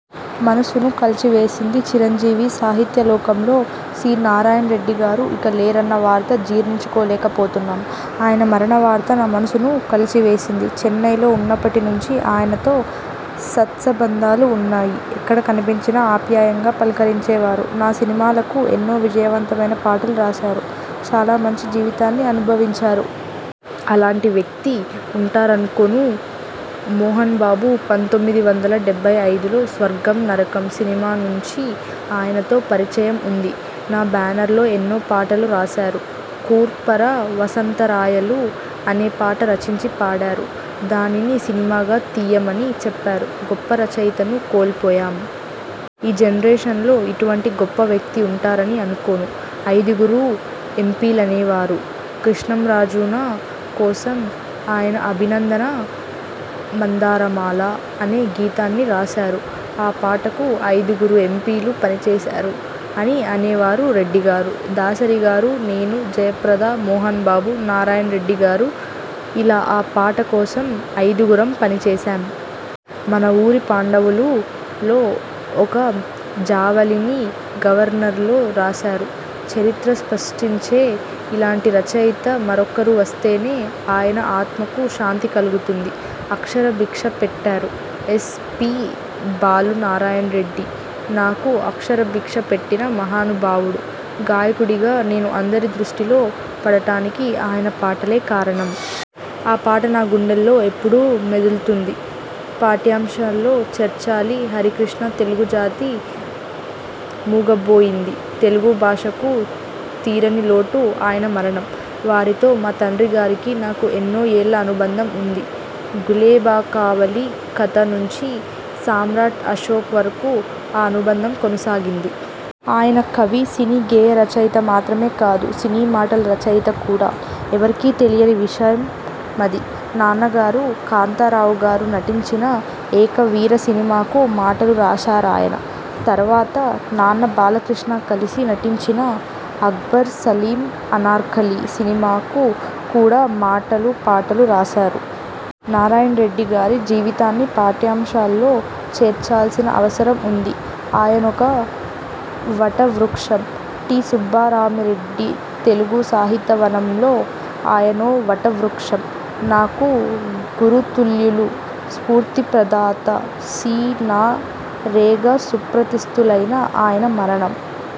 మనసును కలచివేసింది చిరంజీవిసాహిత్యలోకంలో సి. నారాయణరెడ్డిగారు ఇక లేరన్న వార్త జీర్ణించుకోలేకపోతున్నాం. ఆయన మరణవార్త నా మనసును కలచివేసింది. చెన్నైలో ఉన్నప్పటి నుంచి ఆయనతో సత్సబంధాలున్నాయి. ఎక్కడ కనిపించినా ఆప్యాయంగా పలకరించేవారు. నా సినిమాలకు ఎన్నో విజయవంతమైన పాటలు రాశారు. చాలా మంచి జీవితాన్ని అనుభవించారు. అలాంటి వ్యక్తి ఉంటారనుకోను మోహన్ బాబు పంతొమ్మిది వందల డెబ్బై ఐదులో 'స్వర్గం-నరకం' సినిమా నుంచీ ఆయనతో పరిచయం ఉంది. నా బ్యానర్లో ఎన్నో పాటలు రాశారు. ' కూర్పర వసంతరాయలు' అనే పాట రచించి పాడారు. దానిని సినిమాగా తియ్యమని చెప్పారు. గొప్ప రచయితను కోల్పోయాం. ఈ జనరేషన్ లో ఇటువంటి గొప్ప వ్యక్తి ఉంటారని అనుకోను. ఐదుగురు ఎంపీలనేవారు! కృష్ణంరాజునా కోసం ఆయన 'అభినందన మందారమాల.. ' అనే గీతాన్ని రాశారు. ఆ పాటకు ఐదుగురు ఎంపీలు పనిచేశారు అని అనేవారు రెడ్డిగారు. దాసరిగారు, నేను, జయప్రద, మోహనబాబు, నారాయణరెడ్డిగారు.. ఇలా ఆ పాట కోసం ఐదుగురం పనిచేశాం. 'మనవూరి పాండవులు'లో ఒక జావళిని గవర్నర్ లో రాశారు. చరిత్ర సృష్టించే ఇలాంటి రచయిత మరొకరు వస్తేనే ఆయన ఆత్మకు శాంతి కలుగుతుంది. అక్షరభిక్ష పెట్టారు ఎస్. పి. బాలునారాయణరెడ్డి నాకు అక్షరభిక్ష పెట్టిన మహానుభావుడు. గాయకుడిగా నేను అందరి దృష్టిలో పడటానికి ఆయన పాటలే కారణం. ఆ పాట నా గుండెల్లో ఎప్పుడూ మెదులుతుంది. పాఠ్యాంశాల్లో చేర్చాలి హరికృష్ణతెలుగు జాతి మూగబోయింది. తెలుగు భాషకి తీరనిలోటు ఆయన మరణం. వారితో మా తండ్రిగారికీ, నాకూ ఎన్నో ఏళ్ల అనుబంధం ఉంది. 'గులేబకావళి కథ' నుంచీ 'సామ్రాట్ అశోక్' వరకూ ఆ అనుబంధం కొనసాగింది. ఆయన కవి, సినీ గేయ రచయిత మాత్రమే కాదు. సినీ మాటల రచయిత కూడా. ఎవరికీ తెలియని విషయమది. నాన్నగారు, కాంతారావుగారు నటించిన 'ఏకవీర' సినిమాకు మాటలు రాశారాయన. తర్వాత నాన్న, బాలకృష్ణ కలిసి నటించిన 'అక్బర్ సలీమ్ అనార్కలి' సినిమాకు కూడా మాటలూ, పాటలూ రాశారు. నారాయణరెడ్డిగారి జీవితాన్ని పాఠ్యాంశాల్లో చేర్చాల్సిన అవసరం ఉంది. ఆయనొక వటవృక్షం టి. సుబ్బరామిరెడ్డితెలుగు సాహితవనంలో ఆయనో వటవృక్షం. నాకు గురుతుల్యులు. స్ఫూర్తి ప్రదాత. సి. నా. రెగా సుప్రసిద్ధులైన ఆయన మరణం